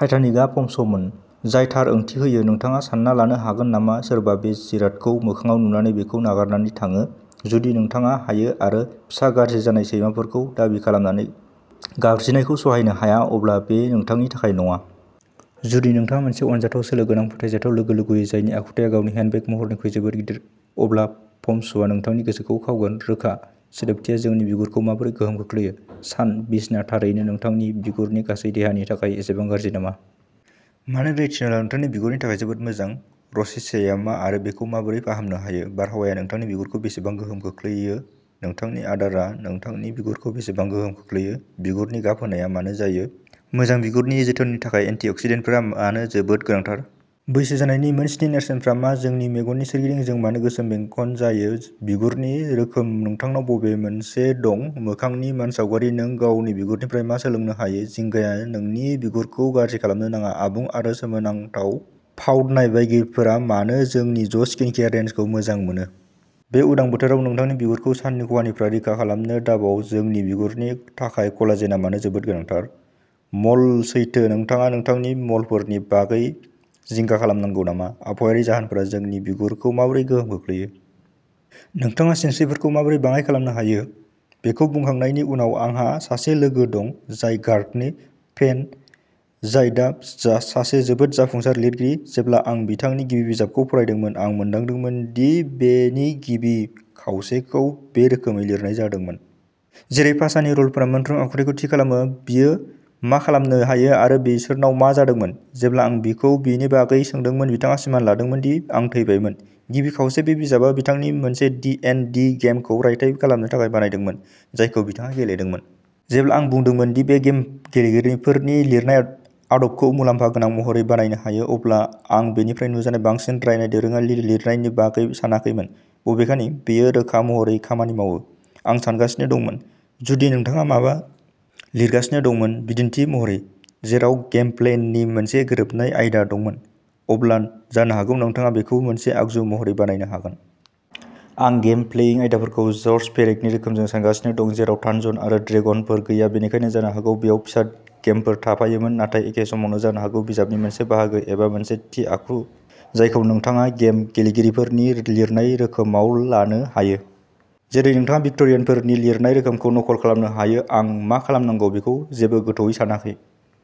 टाइटानिकआ पम्समोन। जाय थार ओंथि होयो। नोंथाङा सानना लानो हागोन नामा सोरबा बे फिसा जिरादखौ मोखांआव नुनानै बेखौ नागारनानै थाङो? जुदि नोंथाङा हायो आरो फिसा गाज्रि जानाय सैमाफोरखौ दाबि खालामनानै गाबज्रिनायखौ सहायनो हाया, अब्ला बे नोंथांनि थाखाय नङा। जुदि नोंथाङा मोनसे अनजाथाव, सोलो गोनां, फोथायजाथाव लोगो लुगैयो जायनि आखुथाया गावनि हेन्डबेग महरनिख्रुइ जोबोद गिदिर, अब्ला पम्सआ नोंथांनि गोसोखौ खावगोन। रोखा। सिदोबथिया जोंनि बिगुरखौ माबोरै गोहोम खोख्लैयो? सान बिसना थारैनो नोंथांनि बिगुरनि गासै देहानि थाखाय एसेबां गाज्रि नामा? मानो रेटिनलआ नोंथांनि बिगुरनि थाखाय जोबोद मोजां? र'सेसियाआ मा आरो बेखौ माबोरै फाहामनो हायो? बारहावाया नोंथांनि बिगुरखौ बेसेबां गोहोम खोख्लैयो? नोंथांनि आदारआ नोंथांनि बिगुरखौ बेसेबां गोहोम खोख्लैयो? बिगुरनि गाब होनाया मानो जायो? मोजां बिगुरनि जोथोननि थाखाय एन्टिअक्सिडेन्टफोरा मानो जोबोद गोनांथार? बैसो जानायनि मोनस्नि नेरसोनफोरा मा? जोंनि मेगननि सोरगिदिं जों मानो गोसोम बेंखन जायो? बिगुरनि रोखोम नोंथांनाव बबे मोनसे दं? मोखांनि मानसावगारि नों गावनि बिगुरनिफ्राय मा सोलोंनो हायो? जिंगाया नोंनि बिगुरखौ गाज्रि खालामनो नाङा आबुं आरो सोमोनांथाव पाउट नाय बायगिरिफोरा मानो जोंनि ज'स्किनकेयार रेन्जखौ मोजां मोनो? बे उदां बोथोराव नोंथांनि बिगुरखौ साननि खहानिफ्राय रैखा खालामनो दाबाव जोंनि बिगुरनि थाखाय कलाजेनआ मानो जोबोद गोनांथार? म'ल सैथो नोंथाङा नोंथांनि म'लफोरनि बागै जिंगा खालामनांगौ नामा? आबहावायारि जाहोनफोरा जोंनि बिगुरखौ माबोरै गोहोम खोख्लैयो? नोंथाङा सिनस्रिफोरखौ माबोरै बाङाय खालामनो हायो? बेखौ बुंखांनायनि उनाव, आंहा सासे लोगो दं, सासे गार्गनि फेन जाय दा सासे जोबोद जाफुंसार लिरगिरि। जेब्ला आं बिथांनि गिबि बिजाबखौ फरायदोंमोन, आं मोनदांदोंमोन दि बेनि गिबि खावसेखौ बे रोखोमै लिरनाय जादोंमोन। जेरै पासानि र'लफोरा मोनफ्रोम आखुथाइखौ थि खालामो, बियो मा खालामनो हायो आरो बिसोरनाव मा जादोंमोन। जेब्ला आं बिखौ बेनि बागै सोंदोंमोन, बिथाङा सिमान लादोंमोन दि आं थैबायमोन। गिबि खावसे बे बिजाबआ बिथांनि मोनसे डी एन्ड डी गेमखौ रायथाइ खालामनो थाखाय बानायदोंमोन, जायखौ बिथाङा गेलेदोंमोन। जेब्ला आं बुंदोंमोन दि बे गेम गेलेगिरिफोरनि लिरनाय आदबखौ मुलाम्फा गोनां महरै बाहायनो हायो, अब्ला आं बेनिफ्राय नुजानाय बांसिन रानाय, दोरोङारि लिरनायनि बागै सानाखैमोन। बबेखानि, बेयो रोखा महरै खामानि मावो। आं सानगासिनो दंमोन, जुदि नोंथाङा माबा लिरगासिनो दंमोन, बिदिन्थि महरै, जेराव गेम प्लेइंगनि मोनसे गोरोबनाय आयदा दंमोन, अब्ला जानो हागौ नोंथाङा बेखौ मोनसे आगजु महरै बाहायनो हागोन। आं गेम प्लेइंग आयदाफोरखौ जर्ज पेरेकनि रोखोमजों सानगासिनो दं, जेराव थानजन आरो ड्रेगनफोर गैया। बेनिखायनो जानो हागौ बेयाव फिसा गेमफोर थाफायोमोन। नाथाय एखे समावनो, जानो हागौ बिजाबनि मोनसे बाहागो, एबा मोनसे थि आखु, जायखौ नोंथाङा गेम गेलेगिरिफोरनि लिरनाय रोखोमाव लानो हायो। जेरै नोंथाङा भिक्ट'रियानफोरनि लिरनाय रोखोमखौ नकल खालामनो हायो। आं मा खालामनांगौ बेखौ जेबो गोथौवै सानाखै।